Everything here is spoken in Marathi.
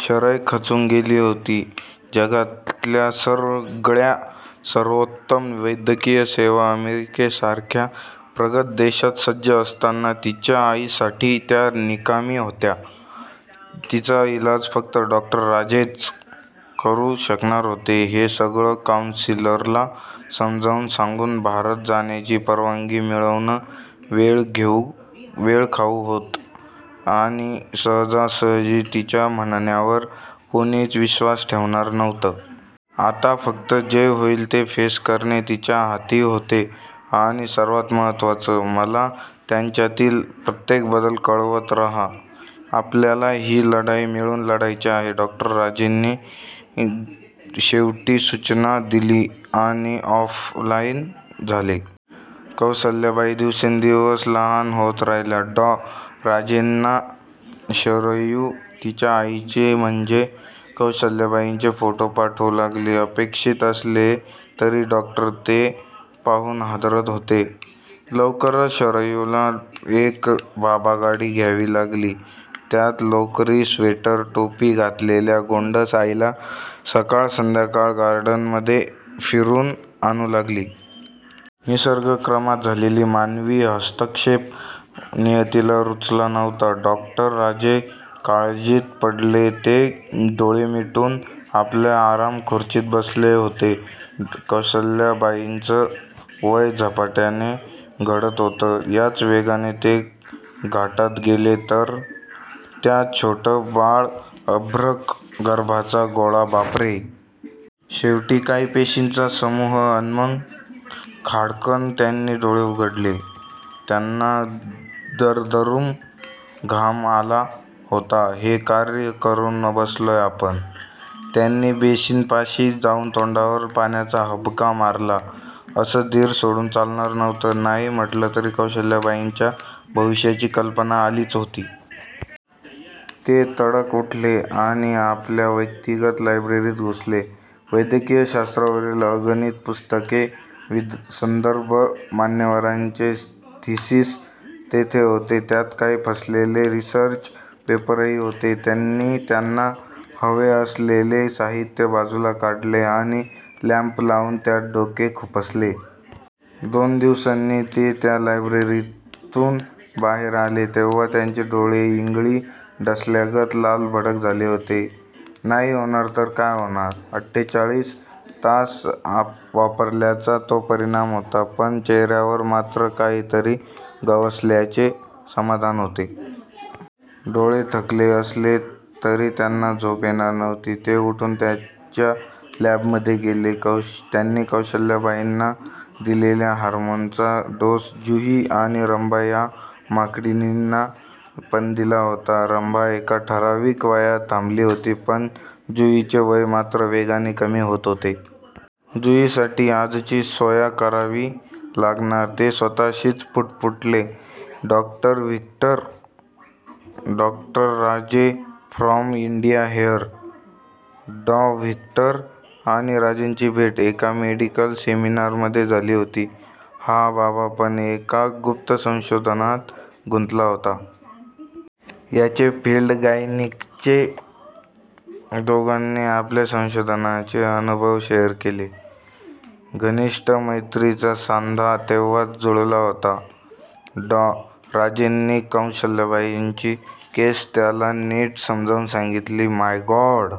शरयू खचून गेली होती. जगातल्या सगळ्या, सर्वोत्तम वैद्यकीय सेवा अमेरिकेसारख्या प्रगत देशात सज्ज असताना, तिच्या आई साठी त्या निकामी होत्या! तिचा इलाज फक्त डॉ. राजेच करू शकणार होते. हे सगळं कॉऊंसिलरला समजावून सांगून भारतात जाण्याची परवानगी मिळवणं वेळ खाऊ होत आणि सहजासहजी तिच्या म्हणण्यावर कोणीच विश्वास ठेवणार नव्हतं. आता फक्त जे होईल ते फेस करणे तिच्या हाती होते आणि सर्वात महत्वाचं, मला त्यांच्यातील प्रत्येक बदल कळवत रहा! आपल्याला हि लढाई मिळून लढायची आहे! डॉ. राजेनी शेवटची सूचना दिली आणि ऑफ लाईन झाले. कौसल्याबाई दिवसेंदिवस लहान होत राहिल्या! डॉ. राजेंना, शरयू तिच्या आईचे म्हणजे कौसल्याबाईंचे फोटो पाठवू लागली. अपेक्षित असले तरी डॉक्टर ते पाहून हादरत होते. लवकरच शरयूला एक बाबागाडी घ्यावी लागली! त्यात लोकरी स्वेटर- टोपी घातलेल्या गोंडस 'आईला', सकाळ संध्याकाळ गार्डनमध्ये फिरवून आणू लागली! निसर्गक्रमात झालेला मानवी हस्तक्षेप नियतीला रुचला नव्हता! डॉक्टर राजे काळजीत पडले. ते डोळे मिटून आपल्या आरामखुर्चीत बसले होते. कौसल्याबाईंचं वय झपाट्याने घटत होत. याच वेगाने ते घाटात गेले तर? त्या छोटं बाळ अभ्रक गर्भाचा गोळा बापरे! शेवटी काही पेशींचा समूह अन मग! खाड्कन त्यांनी डोळे उघडले! त्यांना दरदरून घाम आला होता! हे काय करून बसलोय आपण? त्यांनी बेसिनपाशी जाऊन तोंडावर पाण्याचा हबका मारला. असं धीर सोडून चालणार नव्हतं. नाही म्हटलंतरी त्यांना कौशल्याबाईंच्या भविष्याची कल्पना आलीच होती. ते तडक उठले आणि आपल्या व्यक्तिगत लायब्ररीत घुसले. वैद्यकीय शास्त्रावरील अगणित पुस्तके, संदर्भ, मान्यवरांचे थिसीस तेथे होते. त्यात काही फसलेले रिसर्च पेपरही होते. त्यांनी त्यांना हवे असलेले साहित्य बाजूला काढले आणि लॅम्प लावून त्यात डोके खुपसले. दोन दिवसांनी ते त्या लायब्ररीतुन बाहेर आले तेव्हा त्यांचे डोळे, इंगळी डसल्यागत लालभडक झाले होते. नाही होणार तर काय होणार? अठ्ठेचाळीस तास वापरल्याचा तो परिणाम होता. पण चेहऱ्यावर मात्र काहीतरी गवसल्याचे समाधान होते! डोळे थकले असले तरी त्यांना झोप येणार नव्हती. ते उठून त्यांच्या लॅब मध्ये गेले. त्यांनी कौशल्याबाईंना दिलेल्या हार्मोनचा डोस 'जुही' आणि 'रंभा' या माकडिणींना पण दिला होता. रंभा एका ठराविक वयात थांबली होती, पण जुहीचे वय मात्र वेगाने कमी होत होते. जुही साठी, आज ची सोया करावी लागणार. ते स्वतःशीच पुटपुटले. Doctor Victor? Doctor Raje from India here! डॉ व्हिक्टर आणि राजेंची भेट एका मेडिकल सेमिनार मध्ये झाली होती. हा बाबा पण एका गुप्त संशोधनात गुंतला होता. याचे फिल्ड गायनीकचे. दोघांनी आपल्या संशोधनाचे अनुभव शेयर केले. घनिष्ट मैत्रीचा सांधा तेव्हाच जुळला होता. डॉ. राजेंनी कौसल्याबाईंची केस त्याला नीट समजावून सांगितली. My God!